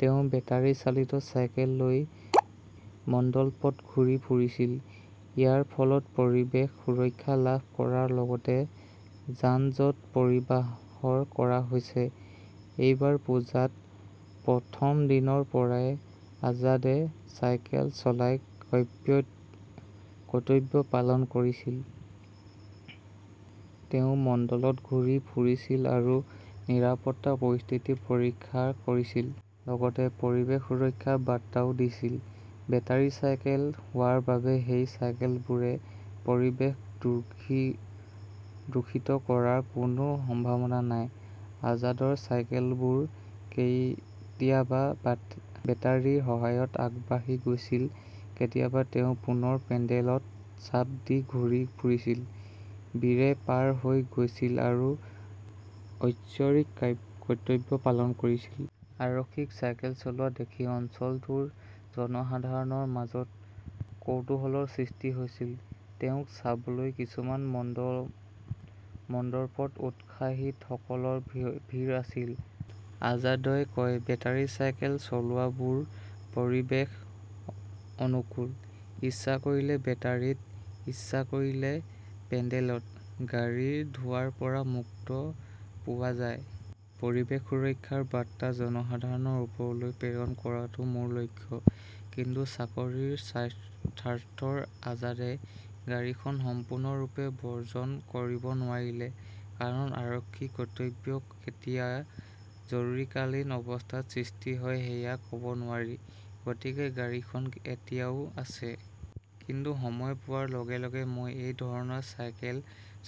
তেওঁ বেটাৰী চালিত চাইকেল লৈ মণ্ডপত ঘূৰি ফুৰিছিল। ইয়াৰ ফলত পৰিৱেশ সুৰক্ষা লাভ কৰাৰ লগতে যান-জঁট পৰিহাৰ কৰা হৈছিল। এই বাৰ পূজাৰ প্ৰথম দিনৰ পৰাই আজাদে চাইকেল চলাই 'কৰ্তব্য "পালন কৰিছিল। তেওঁ মণ্ডপত ঘূৰি ফুৰিছিল আৰু নিৰাপত্তা পৰিস্থিতি পৰীক্ষা কৰিছিল। লগতে পৰিৱেশ সুৰক্ষাৰ বাৰ্তাও দিছিল। বেটাৰী চালিত হোৱাৰ বাবে সেই চাইকেলবোৰে পৰিৱেশ দূষিত কৰাৰ কোনো সম্ভাৱনা নাই। আজাদৰ চাইকেলবোৰ কেতিয়াবা বেটাৰীৰ সহায়ত আগবাঢ়ি গৈছিল, কেতিয়াবা তেওঁ পুনৰ পেডেলত চাপ দি ঘূৰি ফুৰিছিল। ভীৰে পাৰ হৈ গৈছিল আৰু ঐশ্বৰিক কৰ্তব্য পালন কৰিছিল। আৰক্ষীক চাইকেল চলোৱা দেখি অঞ্চলটোৰ জনসাধাৰণৰ মাজত কৌতূহলৰ সৃষ্টি হৈছিল। তেওঁক চাবলৈ কিছুমান মণ্ডপত উৎসাহীসকলৰ ভিৰ আছিল। আজাদই কয়, "বেটাৰী চালিত চাইকেলবোৰ পৰিৱেশ অনুকূল। ইচ্ছা কৰিলে বেটাৰীত, ইচ্ছা কৰিলে পেডেলত। গাড়ীৰ ধোঁৱাৰ পৰা মুক্তি পোৱা যায়। পৰিৱেশ সুৰক্ষাৰ বাৰ্তা জনসাধাৰণৰ ওচৰলৈ প্ৰেৰণ কৰাটো মোৰ লক্ষ্য। "কিন্তু চাকৰিৰ স্বাৰ্থত আজাদে গাড়ীখন সম্পূৰ্ণৰূপে বৰ্জন কৰিব নোৱাৰিলে। "কাৰণ আৰক্ষীৰ কৰ্তব্য, কেতিয়া জৰুৰীকালীন অৱস্থাৰ সৃষ্টি হয় সেয়া ক" ব নোৱাৰি। গতিকে গাড়ীখন এতিয়াও আছে। কিন্তু সময় পোৱাৰ লগে লগে মই এই ধৰণে চাইকেল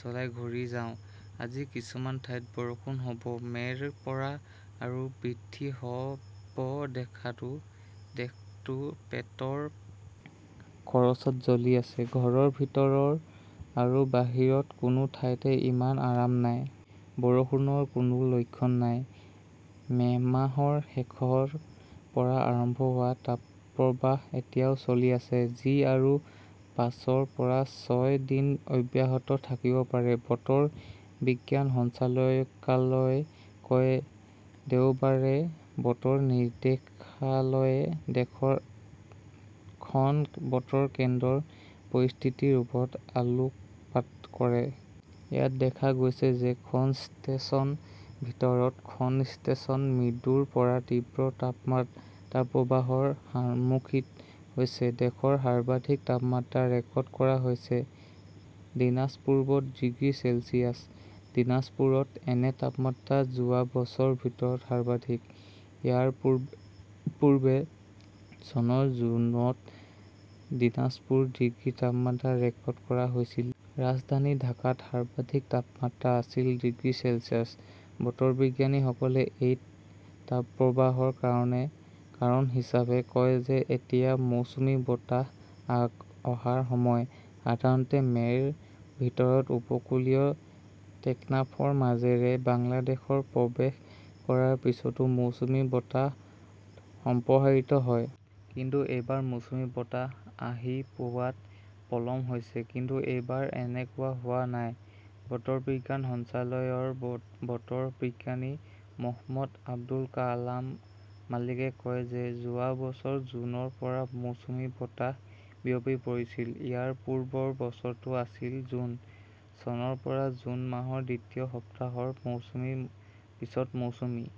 চলাই ঘূৰি যাওঁ। "। আজি কিছুমান ঠাইত বৰষুণ হ "ব, মে" ৰ পৰা আৰু বৃদ্ধি হ "ব দেশটো পেটৰ খৰচত জ্বলি আছে। ঘৰৰ ভিতৰত আৰু বাহিৰত কোনো ঠাইতে ইমান আৰাম নাই। বৰষুণৰ কোনো লক্ষণ নাই। মে 'মাহৰ শেষৰ পৰা আৰম্ভ হোৱা তাপপ্ৰবাহ এতিয়াও চলি আছে, যি আৰু পাঁচৰ পৰা ছয় দিন অব্যাহত থাকিব পাৰে, বতৰ বিজ্ঞান সঞ্চালকালয়ই কয়। দেওবাৰে বতৰ নিৰ্দেশালয়ে দেশৰ খন বতৰ কেন্দ্ৰৰ পৰিস্থিতিৰ ওপৰত আলোকপাত কৰে। ইয়াত দেখা গৈছে যে খন ষ্টেচনৰ ভিতৰত খন ষ্টেচন মৃদুৰ পৰা তীব্ৰ তাপপ্ৰবাহৰ সন্মুখীন হৈছে। দেশৰ সৰ্বাধিক তাপমাত্ৰা ৰেকৰ্ড কৰা হৈছে দিনাজপুৰত ডিগ্ৰী চেলছিয়াছ। দীনাজপুৰত এনে তাপমাত্ৰা যোৱা বছৰৰ ভিতৰত সৰ্বাধিক। ইয়াৰ পূৰ্বে চনৰ জুনত দিনাজপুৰত ডিগ্ৰী তাপমাত্ৰা ৰেকৰ্ড কৰা হৈছিল। ৰাজধানী ঢাকাত সৰ্বাধিক তাপমাত্ৰা আছিল ডিগ্ৰী চেলছিয়াছ। বতৰ বিজ্ঞানীসকলে এই তাপপ্ৰবাহৰ কাৰণ হিচাপে কয় যে এতিয়া মৌচুমী বতাহ অহাৰ সময়। সাধাৰণতে মে 'ৰ ভিতৰত উপকূলীয় টেকনাফৰ মাজেৰে বাংলাদেশত প্ৰৱেশ কৰাৰ পিছত মৌচুমী বতাহ সম্প্ৰসাৰিত হয়। কিন্তু এইবাৰ মৌচুমী বতাহ আহি পোৱাত পলম হৈছে। কিন্তু এইবাৰ এনেকুৱা হোৱা নাই। বতৰ বিজ্ঞান সঞ্চালকালয়ৰ বতৰ বিজ্ঞানী মহম্মদ আবুল কালাম মালিকে কয় যে যোৱা বছৰৰ জুনৰ পৰা মৌচুমী বতাহ বিয়পি পৰিছিল। ইয়াৰ পূৰ্বৰ বছৰটো আছিল জুন। চনৰ পৰা জুন মাহৰ দ্বিতীয় সপ্তাহৰ পিছত মৌচুমী